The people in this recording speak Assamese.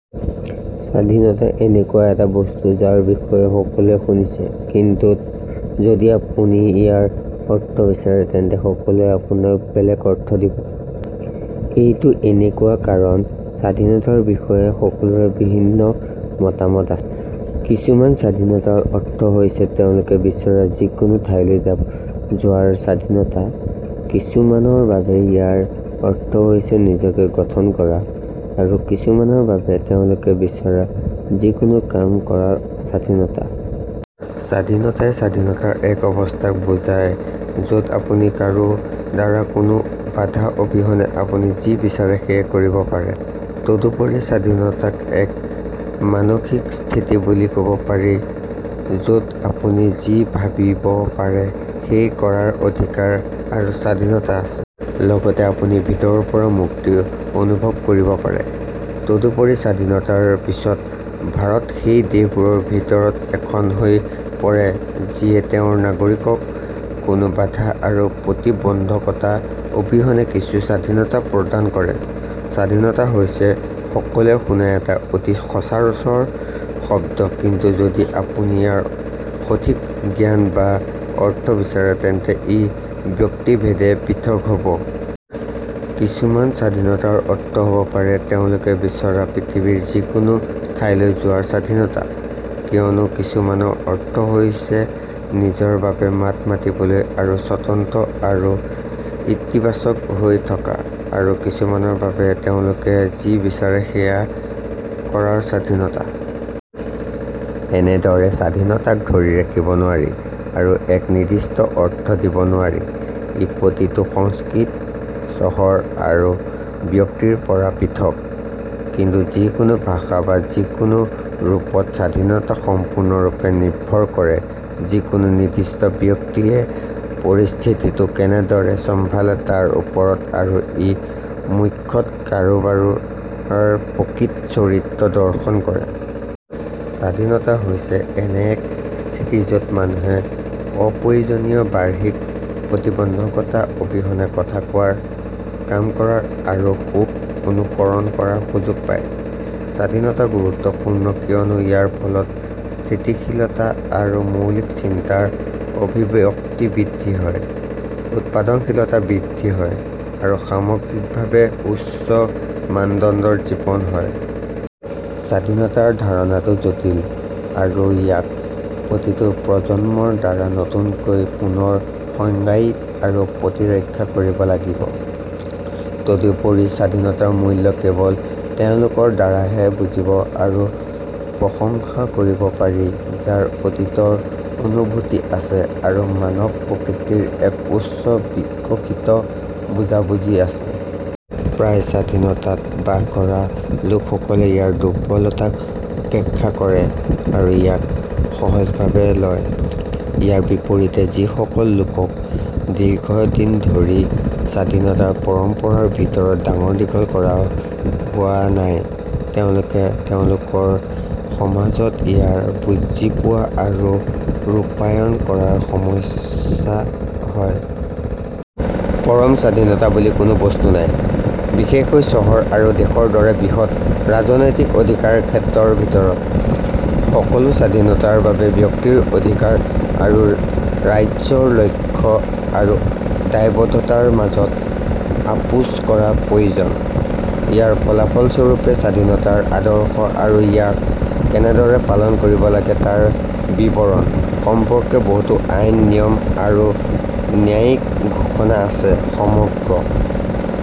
স্বাধীনতা এনেকুৱা এটা বস্তু যাৰ বিষয়ে সকলোৱে শুনিছে কিন্তু যদি আপুনি ইয়াৰ অৰ্থ বিচাৰে তেন্তে সকলোৱে আপোনাক বেলেগ অৰ্থ দিব। এইটো এনেকুৱা কাৰণ স্বাধীনতাৰ বিষয়ে সকলোৰে ভিন্ন মতামত আছে। কিছুমান স্বাধীনতাৰ অৰ্থ হৈছে তেওঁলোকে বিচৰা যিকোনো ঠাইলৈ যোৱাৰ স্বাধীনতা, কিছুমানৰ বাবে ইয়াৰ অৰ্থ হৈছে নিজকে গঠন কৰা, আৰু কিছুমানৰ বাবে, তেওঁলোকে বিচৰা যিকোনো কাম কৰাৰ স্বাধীনতা। স্বাধীনতাই স্বাধীনতাৰ এক অৱস্থাক বুজায় য'ত আপুনি কাৰো দ্বাৰা কোনো বাধা অবিহনে আপুনি যি বিচাৰে সেয়া কৰিব পাৰে। তদুপৰি, স্বাধীনতাক এক মানসিক স্থিতি বুলি ক'ব পাৰি য'ত আপুনি যি ভাবিব পাৰে সেয়া কৰাৰ অধিকাৰ আৰু স্বাধীনতা আছে। লগতে, আপুনি ভিতৰৰ পৰা মুক্তি অনুভৱ কৰিব পাৰে। তদুপৰি, স্বাধীনতাৰ পিছত ভাৰত সেই দেশবোৰৰ ভিতৰত এখন হৈ পৰে যিয়ে তেওঁৰ নাগৰিকক কোনো বাধা আৰু প্ৰতিবন্ধকতা অবিহনে কিছু স্বাধীনতা প্ৰদান কৰে। স্বাধীনতা হৈছে সকলোৱে শুনা এটা অতি সচৰাচৰ শব্দ কিন্তু যদি আপুনি ইয়াৰ সঠিক সংজ্ঞা বা অৰ্থ বিচাৰে তেন্তে ই ব্যক্তি ভেদে পৃথক হ'ব। কিছুমান স্বাধীনতাৰ অৰ্থ হ'ব পাৰে তেওঁলোকে বিচৰা পৃথিৱীৰ যিকোনো ঠাইলৈ যোৱাৰ স্বাধীনতা, কিয়নো কিছুমানৰ অৰ্থ হৈছে নিজৰ বাবে মাত মাতিবলৈ আৰু স্বতন্ত্ৰ আৰু ইতিবাচক হৈ থকা, আৰু কিছুমানৰ বাবে, তেওঁলোকে যি বিচাৰে সেয়া কৰাৰ স্বাধীনতা। এনেদৰে স্বাধীনতাক ধৰি ৰাখিব নোৱাৰি আৰু এক নিৰ্দিষ্ট অৰ্থ দিব নোৱাৰি। ই প্ৰতিটো সংস্কৃতি, চহৰ আৰু ব্যক্তিৰ পৰা পৃথক। কিন্তু যিকোনো ভাষা বা যিকোনো ৰূপত স্বাধীনতা সম্পূৰ্ণৰূপে নিৰ্ভৰ কৰে যিকোনো নিৰ্দিষ্ট ব্যক্তিয়ে পৰিস্থিতিটো কেনেদৰে চম্ভালে তাৰ ওপৰত আৰু ই মুখ্যতঃ কাৰোবাৰ প্ৰকৃত চৰিত্ৰ প্ৰদৰ্শন কৰে। স্বাধীনতা হৈছে এনে এক স্থিতি য'ত মানুহে অপ্ৰয়োজনীয় বাহ্যিক প্ৰতিবন্ধকতা অবিহনে কথা কোৱাৰ, কাম কৰাৰ আৰু সুখ অনুসৰণ কৰাৰ সুযোগ পায়। স্বাধীনতা গুৰুত্বপূৰ্ণ কিয়নো ইয়াৰ ফলত সৃষ্টিশীলতা আৰু মৌলিক চিন্তাৰ অভিব্যক্তি বৃদ্ধি হয়, উৎপাদনশীলতা বৃদ্ধি হয়, আৰু সামগ্ৰিকভাৱে উচ্চ মানদণ্ডৰ জীৱন হয়। স্বাধীনতাৰ ধাৰণাটো জটিল, আৰু ইয়াক প্ৰতিটো প্ৰজন্মৰ দ্বাৰা নতুনকৈ পুনৰ সংজ্ঞায়িত আৰু প্ৰতিৰক্ষা কৰিব লাগিব। তদুপৰি, স্বাধীনতাৰ মূল্য কেৱল তেওঁলোকৰ দ্বাৰাহে বুজিব আৰু প্ৰশংসা কৰিব পাৰি যাৰ অতীতৰ অনুভূতি আছে আৰু মানৱ প্ৰকৃতিৰ এক উচ্চ বিকশিত বুজাবুজি আছে। প্ৰায়ে, স্বাধীনতাত বাস কৰা লোকসকলে ইয়াৰ দুৰ্বলতাক উপেক্ষা কৰে আৰু ইয়াক সহজ ভাৱে লয়। ইয়াৰ বিপৰীতে, যিসকল লোকক দীৰ্ঘদিনধৰি স্বাধীনতাৰ পৰম্পৰাৰ ভিতৰত ডাঙৰ-দীঘল কৰা হোৱা নাই, তেওঁলোকে তেওঁলোকৰ সমাজত ইয়াক বুজিপোৱা আৰু ৰূপায়ণ কৰাত সমস্যা হয়। পৰম স্বাধীনতা বুলি কোনো বস্তু নাই, বিশেষকৈ চহৰ আৰু দেশৰ দৰে বৃহৎ ৰাজনৈতিক অধিকাৰক্ষেত্ৰৰ ভিতৰত। সকলো স্বাধীনতাৰ বাবে ব্যক্তিৰ অধিকাৰ আৰু ৰাজ্যৰ লক্ষ্য আৰু দায়বদ্ধতাৰ মাজত আপোচ কৰা প্ৰয়োজন। ইয়াৰ ফলস্বৰূপে, স্বাধীনতাৰ আদৰ্শ আৰু ইয়াক কেনেদৰে পালন কৰিব লাগে তাৰ বিৱৰণ সম্পৰ্কে বহুতো আইন, নিয়ম আৰু ন্যায়িক ঘোষণা আছে। সমগ্ৰ